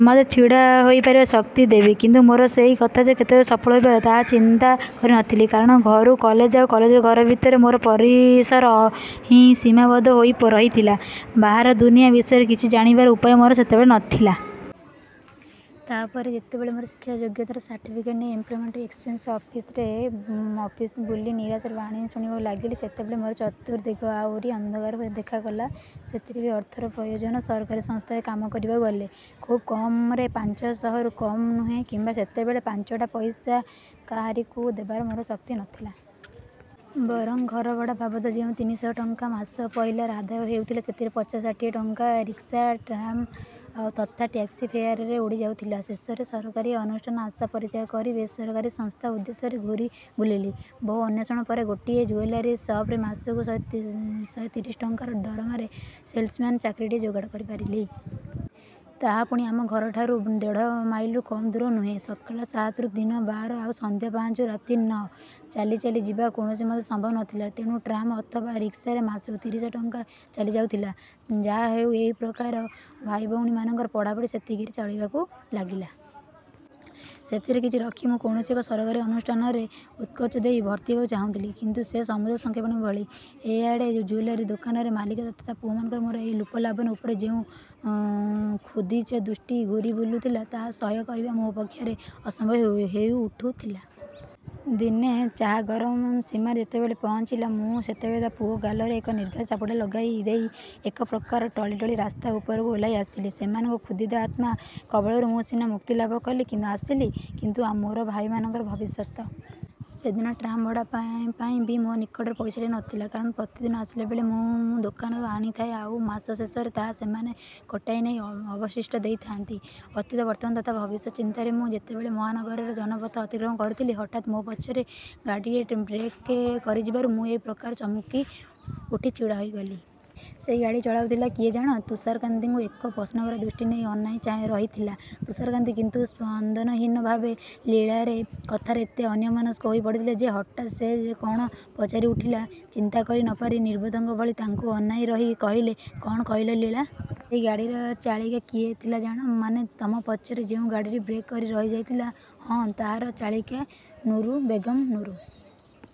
ସମାଜରେ ଛିଡ଼ା ହୋଇପାରିବାର ଶକ୍ତି ଦେବି। କିନ୍ତୁ ମୋର ସେହି କଥା ଯେ କେତେଦୂର ସଫଳ ହୋଇପାରିବ, ତାହା ଚିନ୍ତା କରିନଥିଲି। କାରଣ ଘରୁ କଲେଜ ଆଉ କଲେଜରୁ ଘର ଭିତରେ ମୋର ପରିସର ହିଁ ସୀମାବଦ୍ଧ ହୋଇ ରହିଥିଲା। ବାହାର ଦୁନିଆ ବିଷୟରେ କିଛି ଜାଣିବାର ଉପାୟ ମୋର ସେତେବେଳେ ନଥିଲା। ତା ପରେ ଯେତେବେଳେ ମୋର ଶିକ୍ଷା ଯୋଗ୍ୟତାର ସାର୍ଟିଫିକେଟ୍ ନେଇ ଏମ୍ପ୍ଲୋୟମେଣ୍ଟ ଏକ୍ସଚେଞ୍ଜରୁ ଅଫିସ୍ ପରେ ଅଫିସ୍ ବୁଲି ନିରାଶାର ବାଣୀ ଶୁଣିବାକୁ ଲାଗିଲି, ସେତେବେଳେ ମୋର ଚତୁର୍ଦ୍ଦିଗ ଆହୁରି ଅନ୍ଧକାର ଦେଖାଗଲା। ସେଥିରେ ବି ଅର୍ଥର ପ୍ରୟୋଜନ। ସରକାରୀ ସଂସ୍ଥାରେ କାମ କରିବାକୁ ଗଲେ ଖୁବ୍ କମ୍‌ରେ ପାଞ୍ଚ ଶହରୁ କମ୍ ନୁହେଁ କିମ୍ବା ସେତେବେଳେ ପାଞ୍ଚଟା ପଇସା କାହାରିକୁ ଦେବାର ମୋର ଶକ୍ତି ନଥିଲା। ବରଂ ଘରଭଡ଼ା ବାବଦ ଯେଉଁ ତିନି ଶହ ଟଙ୍କା ମାସ ପହିଲାରେ ଆଦାୟ ହେଉଥିଲା, ସେଥିରୁ ପଚାଶ, ଷାଠିଏ ଟଙ୍କା ରିକ୍ସା, ଟ୍ରାମ୍ ତଥା ଟ୍ୟାକ୍ସି ଫେୟାର୍‌ରେ ଉଡ଼ିଯାଉଥିଲା। ଶେଷରେ ସରକାରୀ ଅନୁଷ୍ଠାନ ଆଶା ପରିତ୍ୟାଗ କରି ବେସରକାରୀ ସଂସ୍ଥା ଉଦ୍ଦେଶ୍ୟରେ ଘୂରି ବୁଲିଲି। ବହୁ ଅନ୍ୱେଷଣ ପରେ ଗୋଟିଏ ଜୁଏଲାରୀ ସପ୍‌ରେ ମାସକୁ ଶହେ ତିରିଶ ଟଙ୍କା ଦରମାରେ ସେଲ୍ସମ୍ୟାନ୍ ଚାକିରିଟିଏ ଯୋଗାଡ଼ କରିପାରିଲି। ତାହା ପୁଣି ଆମ ଘରଠାରୁ ଦେଢ଼ ମାଇଲ୍‌ରୁ କମ୍ ଦୂର ନୁହେଁ। ସକାଳ ସାତରୁ ଦିନ ବାର, ଆଉ ସନ୍ଧ୍ୟା ପାଞ୍ଚରୁ ରାତି ନଅ। ଚାଲି ଚାଲି ଯିବା କୌଣସିମତେ ସମ୍ଭବ ନଥିଲା। ତେଣୁ ଟ୍ରାମ୍ ଅଥବା ରିକ୍ସାରେ ମାସକୁ ତିରିଶ ଟଙ୍କା ଚାଲିଯାଉଥିଲା। ଯାହା ହେଉ, ଏ ପ୍ରକାର ଭାଇ ଭଉଣୀମାନଙ୍କର ପଢ଼ାପଢ଼ି ସେତିକିରେ ଚଳିଯିବାକୁ ଲାଗିଲା। ସେଥିରେ କିଛି କିଛି ରଖି ମୁଁ କୌଣସି ଏକ ସରକାରୀ ଅନୁଷ୍ଠାନରେ ଉତ୍କୋଚ ଦେଇ ଭର୍ତ୍ତି ହେବାକୁ ଚାହୁଁଥିଲି। କିନ୍ତୁ ସେ ସମୁଦ୍ରକୁ ଶଙ୍ଖେ ପାଣି ଭଳି। ଏ ଆଡ଼େ ଜୁଏଲାରୀ ଦୋକାନର ମାଲିକ ତଥା ତା ପୁଅମାନଙ୍କର ମୋର ଏହି ରୂପ ଲାବଣ୍ୟ ଉପରେ ଯେଉଁ କ୍ଷୁଧିଚ ଦୃଷ୍ଟି ଘୂରି ବୁଲୁଥିଲା, ତାହା ସହ୍ୟ କରିବା ମୋ ପକ୍ଷରେ ଅସମ୍ଭବ ହୋଇଉଠୁଥିଲା। ଦିନେ ଚାହା ଗରମ ସୀମାରେ ଯେତେବେଳେ ପହଞ୍ଚିଲା, ମୁଁ ସେତେବେଳେ ତା ପୁଅ ଗାଲରେ ଏକ ନିର୍ଘାତ ଚାପୁଡ଼ା ଲଗାଇ ଦେଇ ଏକପ୍ରକାର ଟଳି ଟଳି ରାସ୍ତା ଉପରକୁ ଓହ୍ଲାଇ ଆସିଲି। ସେମାନଙ୍କ କ୍ଷୁଧିତ ଆତ୍ମା କବଳରୁ ମୁଁ ସିନା ମୁକ୍ତିଲାଭ କଲି ଆସିଲି କିନ୍ତୁ ମୋର ଭାଇମାନଙ୍କର ଭବିଷ୍ୟତ। ସେଦିନ ଟ୍ରାମ୍ ଭଡ଼ା ପାଇଁ ବି ମୋ ନିକଟରେ ପଇସାଟିଏ ନଥିଲା। କାରଣ ପ୍ରତିଦିନ ଆସିଲାବେଳେ ମୁଁ ଦୋକାନରୁ ଆଣିଥାଏ, ଆଉ ମାସ ଶେଷରେ ତାହା ସେମାନେ କଟାଇ ନେଇ ଅବଶିଷ୍ଟ ଦେଇଥାଆନ୍ତି। ଅତୀତ, ବର୍ତ୍ତମାନ ତଥା ଭବିଷ୍ୟତ ଚିନ୍ତାରେ ମୁଁ ଯେତେବେଳେ ମହାନଗରୀର ଜନପଥ ଅତିକ୍ରମ କରୁଥିଲି, ହଠାତ୍ ମୋ ପଛରେ ଗାଡ଼ିଟିଏ ବ୍ରେକ୍ କରିଯିବାରୁ ମୁଁ ଏପ୍ରକାର ଚମକିଉଠି ଛିଡ଼ା ହୋଇଗଲି। ସେହି ଗାଡ଼ି ଚଳାଉଥିଲା କିଏ ଜାଣ? ତୁଷାରକାନ୍ତିଙ୍କୁ ଏକ ପ୍ରଶ୍ନଭରା ଦୃଷ୍ଟି ନେଇ ସେ ଅନାଇ ରହିଥିଲା। ତୁଷାରକାନ୍ତି କିନ୍ତୁ ସ୍ପନ୍ଦନହୀନ ଭାବେ ଲୀଳାରେ କଥାରେ ଏତେ ଅନ୍ୟମନସ୍କ ହୋଇପଡ଼ିଥିଲେ ଯେ, ହଠାତ୍ ସେ କଣ ପଚାରିଉଠିଲା, ଚିନ୍ତା କରି ନ ପାରି ନିର୍ବୋଧଙ୍କ ଭଳି ତାକୁ ଅନାଇ ରହି କହିଲେ, କଣ କହିଲ ଲୀଳା? ସେହି ଗାଡ଼ିର ଚାଳିକା କିଏ ଥିଲା ଜାଣ? ମାନେ ତମ ପଛରେ ଯେଉଁ ଗାଡ଼ିଟି ବ୍ରେକ୍ କରି ରହିଯାଇଥିଲା? ହଁ, ତାହାର ଚାଳିକା ନୁରୁ ବେଗମ୍। ନୁରୁ